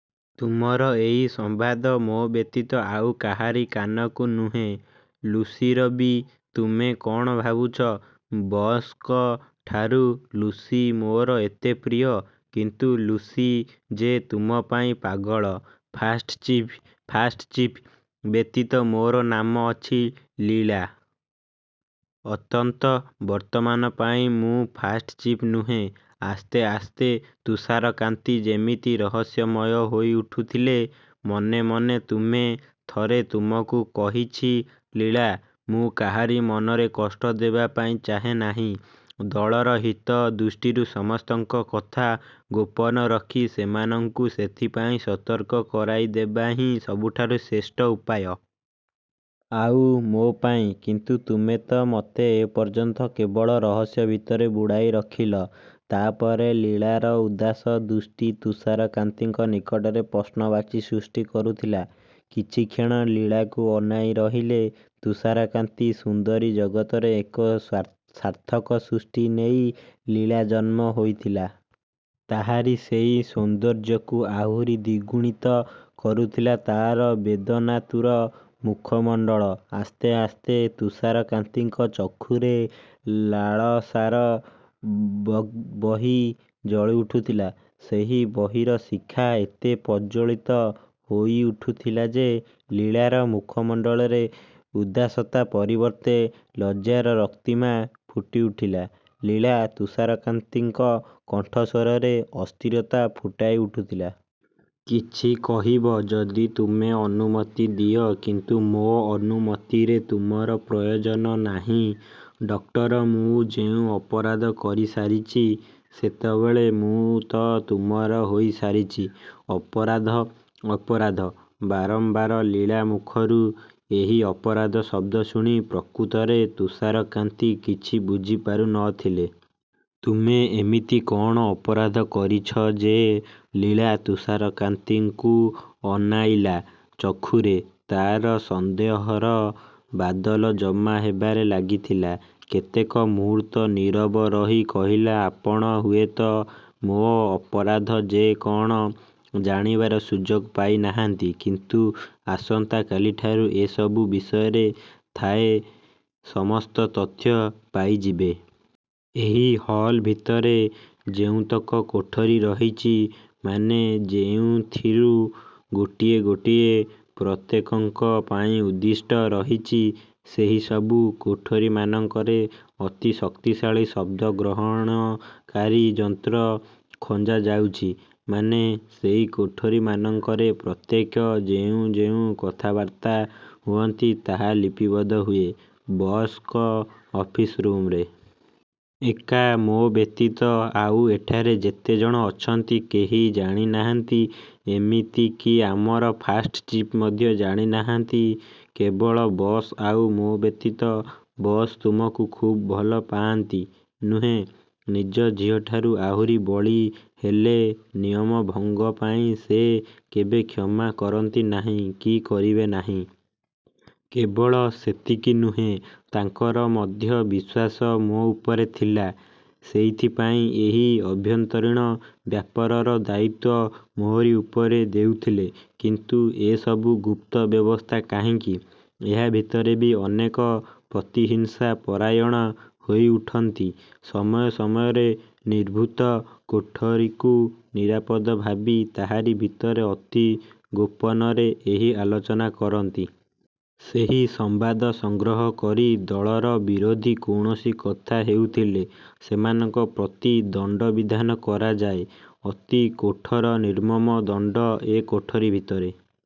ତୁମର ଏଇ ସମ୍ବାଦ ମୋ ବ୍ୟତୀତ ଆଉ କାହାରି କାନକୁ ନୁହେଁ। ଲୁସିର ବି। ତୁମେ କଣ ଭାବୁଛ ବସ୍‌କ ଠାରୁ ଲୁସି ମୋର ଏତେ ପ୍ରିୟ? କିନ୍ତୁ ଲୁସି ଯେ ତୁମ ପାଇଁ ପାଗଳ ଫାଷ୍ଟ ଚିଫ୍। ଫାଷ୍ଟ ଚିଫ୍ ବ୍ୟତୀତ ମୋର ନାମ ଅଛି, ଲୀଳା। ଅତନ୍ତ ବର୍ତ୍ତମାନ ପାଇଁ ମୁଁ ଫାଷ୍ଟ ଚିଫ୍ ନୁହେଁ। ଆସ୍ତେ ଆସ୍ତେ ତୁଷାରକାନ୍ତି ଯେମିତି ରହସ୍ୟମୟ ହୋଇଉଠୁଥିଲେ। ମନେ ମନେ ତୁମେ? ଥରେ ତୁମକୁ କହିଛି ଲୀଳା ମୁଁ କାହାରି ମନରେ କଷ୍ଟ ଦେବା ପାଇଁ ଚାହେଁ ନାହିଁ। ଦଳର ହିତ ଦୃଷ୍ଟିରୁ ସମସ୍ତଙ୍କ କଥା ଗୋପନ ରଖି ସେମାନଙ୍କୁ ସେଥିପାଇଁ ସତର୍କ କରାଇଦେବା ହିଁ ସବୁଠାରୁ ଶ୍ରେଷ୍ଠ ଉପାୟ। ଆଉ ମୋ ପାଇଁ? କିନ୍ତୁ ତୁମେ ତ ମୋତେ ଏ ପର୍ଯ୍ୟନ୍ତ କେବଳ ରହସ୍ୟ ଭିତରେ ବୁଡ଼ାଇ ରଖିଲ। ତା ପରେ ଲୀଳାର ଉଦାସ ଦୃଷ୍ଟି ତୁଷାରକାନ୍ତିଙ୍କ ନିକଟରେ ପ୍ରଶ୍ନବାଚୀ ସୃଷ୍ଟି କରୁଥିଲା। କିଛିକ୍ଷଣ ଲୀଳାକୁ ଅନାଇ ରହିଲେ ତୁଷାରକାନ୍ତି। ସୁନ୍ଦରୀ ଜଗତରେ ଏକ ସା ସାର୍ଥକ ସୃଷ୍ଟି ନେଇ ଲୀଳା ଜନ୍ମ ହୋଇଥିଲା। ତାହାରି ସେହି ସୌନ୍ଦର୍ଯ୍ୟକୁ ଆହୁରି ଦ୍ୱିଗୁଣିତ କରୁଥିଲା ତାର ବେଦନାତୁର ମୁଖମଣ୍ଡଳ। ଆସ୍ତେ ଆସ୍ତେ ତୁଷାରକାନ୍ତିଙ୍କ ଚକ୍ଷୁରେ ଲାଳସାର ବଗ୍ ବହି ଜଳିଉଠୁଥିଲା। ସେହି ବହିର ଶିଖା ଏତେ ପ୍ରଜ୍ଜ୍ୱଳିତ ହୋଇଉଠୁଥିଲା ଯେ ଲୀଳାର ମୁଖମଣ୍ଡଳରେ ଉଦାସତା ପରିବର୍ତ୍ତେ ଲଜ୍ଜାର ରକ୍ତିମା ଫୁଟିଉଠିଲା। ଲୀଳା। ତୁଷାରକାନ୍ତିଙ୍କ କଣ୍ଠସ୍ୱରରେ ଅସ୍ଥିରତା ଫୁଟାଇଉଠୁଥିଲା। କିଛି କହିବ? ଯଦି ତୁମେ ଅନୁମତି ଦିଅ କିନ୍ତୁ ମୋ ଅନୁମତିରେ ତୁମର ପ୍ରୟୋଜନ ନାହିଁ। ଡକ୍ଟର ମୁଁ ଯେଉଁ ଅପରାଧ କରିସାରିଛି, ସେତେବେଳେ ମୁଁ ତ ତୁମର ହୋଇସାରିଛି। ଅପରାଧ ଅପରାଧ। ବାରମ୍ବାର ଲୀଳା ମୁଖରୁ ଏହି ଅପରାଧ ଶବ୍ଦ ଶୁଣି ପ୍ରକୃତରେ ତୁଷାରକାନ୍ତି କିଛି ବୁଝିପାରୁନଥିଲେ। ତୁମେ ଏମିତି କଣ ଅପରାଧ କରିଛ ଯେ ଲୀଳା ତୁଷାରକାନ୍ତିଙ୍କୁ ଅନାଇଲା। ଚକ୍ଷୁରେ ତାର ସନ୍ଦେହର ବାଦଲ ଜମା ହେବାରେ ଲାଗିଥିଲା। କେତେକ ମୁହୂର୍ତ୍ତ ନୀରବ ରହି କହିଲା ଆପଣ ହୁଏତ ମୋ ଅପରାଧ ଯେ କଣ ଜାଣିବାର ସୁଯୋଗ ପାଇନାହାଁନ୍ତି। କିନ୍ତୁ ଆସନ୍ତା କାଲିଠାରୁ ଏ ସବୁ ବିଷୟରେ ଥାଏ ସମସ୍ତ ତଥ୍ୟ ପାଇଯିବେ। ଏହି ହଲ୍ ଭିତରେ ଯେଉଁତକ କୋଠରି ରହିଛି ମାନେ ଯେଉଁଥିରୁ ଗୋଟିଏ ଗୋଟିଏ ପ୍ରତ୍ୟେକଙ୍କ ପାଇଁ ଉଦ୍ଦିଷ୍ଟ ରହିଛି। ସେହିସବୁ କୋଠରିମାନଙ୍କରେ ଅତି ଶକ୍ତିଶାଳୀ ଶବ୍ଦଗ୍ରହଣକାରୀ ଯନ୍ତ୍ର ଖଞ୍ଜାଯାଉଛି। ମାନେ ସେହି କୋଠରିମାନଙ୍କରେ ପ୍ରତ୍ୟେକ ଯେଉଁ ଯେଉଁ କଥାବାର୍ତ୍ତା ହୁଅନ୍ତି ତାହା ଲିପିବଦ୍ଧ ହୁଏ ବସ୍‌ଙ୍କ ଅଫିସ୍ ରୁମ୍‌ରେ। ଏକା ମୋ ବ୍ୟତୀତ ଆଉ ଏଠାରେ ଯେତେ ଜଣ ଅଛନ୍ତି କେହି ଜାଣିନାହାଁନ୍ତି। ଏମିତି କି ଆମର ଫାଷ୍ଟ ଚିଫ୍ ମଧ୍ୟ ଜାଣିନାହାଁନ୍ତି। କେବଳ ବସ୍ ଆଉ ମୋ ବ୍ୟତୀତ ବସ୍ ତୁମକୁ ଖୁବ୍ ଭଲପାଆନ୍ତି ନୁହେଁ? ନିଜ ଝିଅଠାରୁ ଆହୁରି ବଳି। ହେଲେ ନିୟମ ଭଙ୍ଗ ପାଇଁ ସେ କେବେ କ୍ଷମା କରନ୍ତି ନାହିଁ କି କରିବେ ନାହିଁ। କେବଳ ସେତିକି ନୁହେଁ। ତାଙ୍କର ମଧ୍ୟ ବିଶ୍ୱାସ ମୋ ଉପରେ ଥିଲା ସେଇଥିପାଇଁ ଏହି ଅଭ୍ୟନ୍ତରୀଣ ବ୍ୟାପରର ଦାୟିତ୍ୱ ମୋହରି ଉପରେ ଦେଇଥିଲେ। କିନ୍ତୁ ଏ ସବୁ ଗୁପ୍ତ ବ୍ୟବସ୍ଥା କାହିଁକି? ଏହା ଭିତରେ ବି ଅନେକ ପ୍ରତିହିଂସାପରାୟଣ ହୋଇଉଠନ୍ତି। ସମୟ ସମୟରେ ନିଭୃତ କୋଠରିକୁ ନିରାପଦ ଭାବି ତାହାରି ଭିତରେ ଅତି ଗୋପନରେ ଏହି ଆଲୋଚନା କରନ୍ତି। ସେହି ସମ୍ବାଦ ସଂଗ୍ରହ କରି ଦଳର ବିରୋଧୀ କୌଣସି କଥା ହେଉଥିଲେ ସେମାନଙ୍କ ପ୍ରତି ଦଣ୍ଡବିଧାନ କରାଯାଏ। ଅତି କଠୋର ନିର୍ମମ ଦଣ୍ଡ। ଏ କୋଠରି ଭିତରେ